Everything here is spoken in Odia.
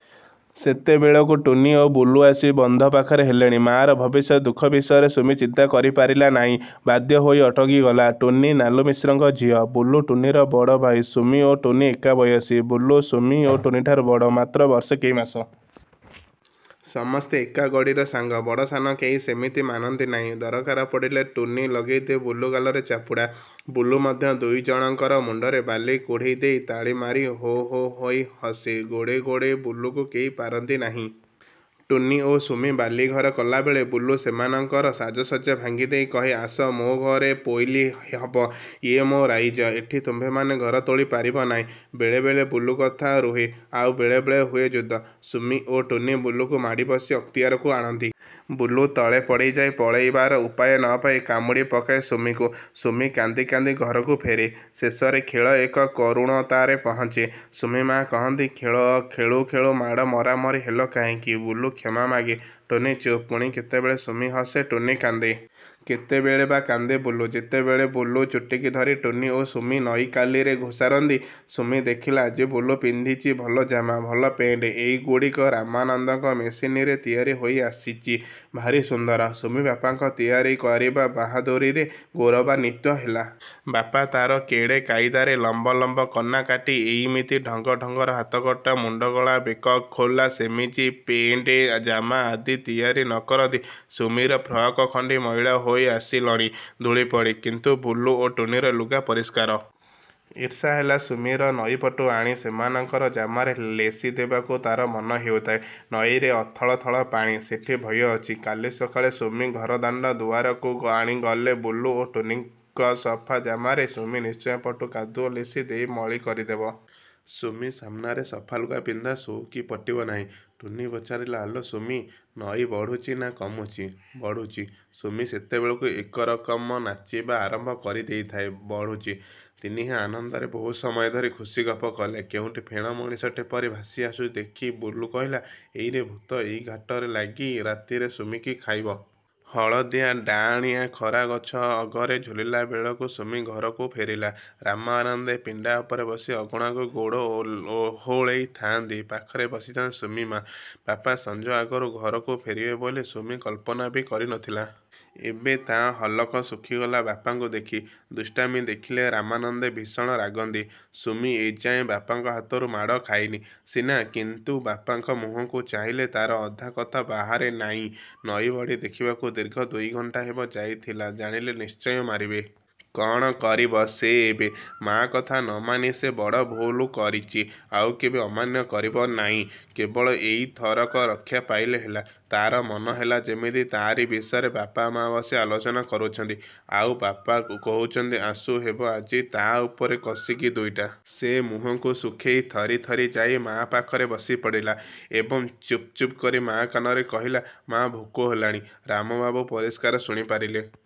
ସେତେବେଳକୁ ଟୁନୀ ଓ ବୁଲୁ ଆସି ବନ୍ଧପାଖରେ ହେଲେଣି। ମା'ର ଭବିଷ୍ୟତ ଦୁଃଖ ବିଷୟରେ ସୁମି ଚିନ୍ତା କରିପାରିଲା ନାହିଁ। ବାଧ୍ୟ ହୋଇ ଅଟକି ଗଲା। ଟୁନୀ ନାଲୁମିଶ୍ରଙ୍କ ଝିଅ। ବୁଲୁ ଟୁନୀର ବଡ଼ ଭାଇ। ସୁମି ଓ ଟୁନୀ ଏକାବୟସୀ। ବୁଲୁ ସୁମି ଓ ଟୁନୀଠାରୁ ବଡ଼, ମାତ୍ର ବର୍ଷେ କେଇମାସ। ସମସ୍ତେ ଏକାଗଡ଼ିର ସାଙ୍ଗ। ବଡ଼ ସାନ କେହି ସେମିତି ମାନନ୍ତି ନାହିଁ। ଦରକାର ପଡ଼ିଲେ ଟୁନୀ ଲଗେଇ ଦିଏ ବୁଲୁ ଗାଲରେ ଚାପୁଡ଼ା। ବୁଲୁ ମଧ୍ୟ ଦୁଇ ଜଣଙ୍କର ମୁଣ୍ଡରେ ବାଲି କୁଢ଼େଇ ଦେଇ ତାଳି ମାରି ହୋ ହୋ ହୋଇ ହସେ। ଗୋଡ଼େଇ ଗୋଡ଼େଇ ବୁଲୁକୁ କେହି ପାରନ୍ତି ନାହିଁ। ଟୁନୀ ଓ ସୁମି ବାଲିଘର କଲାବେଳେ ବୁଲୁ ସେମାନଙ୍କର ସାଜସଜ୍ଜା ଭାଙ୍ଗି ଦେଇ କହେ–ଆସ ମୋ ଘରେ ପୋଇଲି ହବ। ୟେ ମୋ ରାଇଜ-। ଏଠି ତୁମ୍ଭେମାନେ ଘର ତୋଳି ପାରିବ ନାହିଁ। ବେଳେବେଳେ ବୁଲୁ କଥା ରୁହେ। ଆଉ ବେଳେବେଳେ ହୁଏ ଯୁଦ୍ଧ। ସୁମି ଓ ଟୁନୀ ବୁଲୁକୁ ମାଡ଼ିବସି ଅକ୍ତିଆରକୁ ଆଣନ୍ତି। ବୁଲୁ ତଳେ ପଡ଼ିଯାଇ ପଳେଇବାର ଉପାୟ ନ ପାଇ–କାମୁଡ଼ି ପକାଏ ସୁମିକୁ। ସୁମି କାନ୍ଦି କାନ୍ଦି ଘରକୁ ଫେରେ। ଶେଷରେ ଖେଳ ଏକ କରୁଣତାରେ ପହଞ୍ଚେ। ସୁମି-ମା କହନ୍ତି–ଖେଳ ଖେଳୁ ଖେଳୁ ମାଡ଼ ମରାମରି ହେଲ କାହିଁକି? ବୁଲୁ କ୍ଷମା ମାଗେ। ଟୁନୀ ଚୁପ୍। ପୁଣି କେତେବେଳେ ସୁମି ହସେ–ଟୁନୀ କାନ୍ଦେ। କେତେବେଳେ ବା କାନ୍ଦେ ବୁଲୁ, ଯେତେବେଳେ ବୁଲୁ ଚୁଟିକି ଧରି ଟୁନୀ ଓ ସୁମି ନଈକାଲିରେ ଘୋଷାରନ୍ତି। ସୁମି ଦେଖିଲା–ଆଜି ବୁଲୁ ପିନ୍ଧିଚି ଭଲ ଜାମା, ଭଲ ପେଣ୍ଟ। ଏଇଗୁଡ଼ିକ ରାମାନନ୍ଦଙ୍କ ମେସିନରେ ତିଆରି ହୋଇ ଆସିଚି। ଭାରି ସୁନ୍ଦର। ସୁମି ବାପାଙ୍କ ତିଆରି କରିବା ବାହାଦୁରିରେ ଗୌରବାନ୍ୱିତ ହେଲା। ବାପା ତାର କେଡ଼େ କାଇଦାରେ ଲମ୍ବ ଲମ୍ବ କନା କାଟି ଏଇମିତି ଢଙ୍ଗ ଢଙ୍ଗର ହାତକଟା ମୁଣ୍ଡଗଳା, ବେକଖୋଲା ସେମିଜ ପେଏଣ୍ଟ ଜାମା ଆଦି ତିଆରି ନ କରନ୍ତି? ସୁମିର ଫ୍ରକ୍ ଖଣ୍ଡି ମଇଳା ହୋଇ ଆସିଲଣି–ଧୂଳି ପଡ଼ି। କିନ୍ତୁ ବୁଲୁ ଓ ଟୁନୀର ଲୁଗା ପରିଷ୍କାର। ଈର୍ଷା ହେଲା ସୁମିର। ନଈ ପଟୁ ଆଣି ସେମାନଙ୍କର ଜାମାରେ ଲେସିଦେବାକୁ ତା'ର ମନ ହେଉଥାଏ। ନଈରେ ଅଥଳ ଥଳ ପାଣି। ସେଠି ଭୟ ଅଛି। କାଲି ସକାଳେ ସୁମି ଘର ଦାଣ୍ଡ ଦୁଆରକୁ ଆଣି ଗଲେ ବୁଲୁ ଓ ଟୁନୀଙ୍କ ସଫା ଜାମାରେ ସୁମି ନିଶ୍ଚୟ ପଟୁ କାଦୁଅ ଲେସି ଦେଇ ମଳି କରିଦେବ। ସୁମି ସାମ୍ନାରେ ସଫା ଲୁଗା ପିନ୍ଧା ସଉକି ପଟିବ ନାହିଁ। ଟୁନୀ ପଚାରିଲା–ଆଲୋ ସୁମି, ନଈ ବଢ଼ୁଚି ନା କମୁଚି। 'ବଢ଼ୁଚି'। ସୁମି ସେତେବେଳକୁ ଏକରକମ ନାଚିବା ଆରମ୍ଭ କରି ଦେଇଥାଏ। ବଢ଼ୁଚି!!! ତିନିହେଁ ଆନନ୍ଦରେ ବହୁ ସମୟ ଧରି ଖୁସିଗପ କଲେ। କେଉଁଠି ଫେଣ ମଣିଷଟେ ପରି ଭାଷି ଆସୁଚି ଦେଖି ବୁଲୁ କହିଲା, ''ଏଇରେ ଭୂତ; ଏଇ ଘାଟରେ ଲାଗି ରାତିରେ ସୁମିକି ଖାଇବ। '' ହଳଦିଆ ଡାଆଣିଆ ଖରା ଗଛ ଅଗରେ ଝୁଲିଲା ବେଳକୁ ସୁମି ଘରକୁ ଫେରିଲା। ରାମାନନ୍ଦେ ପିଣ୍ଡା ଉପରେ ବସି ଅଗଣାକୁ ଗୋଡ଼ ଓହଳେଇଥାନ୍ତି, ପାଖରେ ବସିଥାନ୍ତି ସୁମି ମା'। ବାପା ସଞ୍ଜ ଆଗରୁ ଘରକୁ ଫେରିବେ ବୋଲି ସୁମି କଳ୍ପନା ବି କରି ନଥିଲା। ଏବେ ତା' ହଲକ ଶୁଖିଗଲା ବାପାଙ୍କୁ ଦେଖି। ଦୁଷ୍ଟାମି ଦେଖିଲେ ରାମାନନ୍ଦେ ଭୀଷଣ ରାଗନ୍ତି। ସୁମି ଏ ଯାଏଁ ବାପାଙ୍କ ହାତରୁ ମାଡ଼ ଖାଇନି ସିନା–କିନ୍ତୁ ବାପାଙ୍କ ମୁହଁକୁ ଚାହିଁଲେ ତା'ର ଅଧା କଥା ବାହାରେ ନାଇଁ। ନଈ ବଢ଼ି ଦେଖିବାକୁ ଦୀର୍ଘ ଦୁଇଘଣ୍ଟା ହେବ ଯାଇଥିଲା ଜାଣିଲେ ନିଶ୍ଚୟ ମାରିବେ। କ'ଣ କରିବ ସେ ଏବେ। ମା' କଥା ନ ମାନି ସେ ବଡ଼ ଭୁଲ କରିଚି। ଆଉ କେବେ ଅମାନ୍ୟ କରିବ ନାଇଁ। କେବଳ ଏଇଥରକ ରକ୍ଷା ପାଇଲେ ହେଲା। ତାର ମନହେଲା ଯେମିତି ତାରି ବିଷୟରେ ବାପା-ମା ବସି ଆଲୋଚନା କରୁଛନ୍ତି। ଆଉ ବାପା କହୁଛନ୍ତି–ଆସୁ ହେବ ଆଜି ତା' ଉପରେ କଷିକି ଦୁଇଟା। ସେ ମୁହଁକୁ ଶୁଖେଇ ଥରି ଥରି ଯାଇ ମା' ପାଖରେ ବସି ପଡ଼ିଲା ଏବଂ ଚୁପ୍ ଚୁପ୍ କରି ମା' କାନରେ କହିଲା–'ମା' ଭୋକ ହେଲାଣି। ' ରାମବାବୁ ପରିଷ୍କାର ଶୁଣିପାରିଲେ।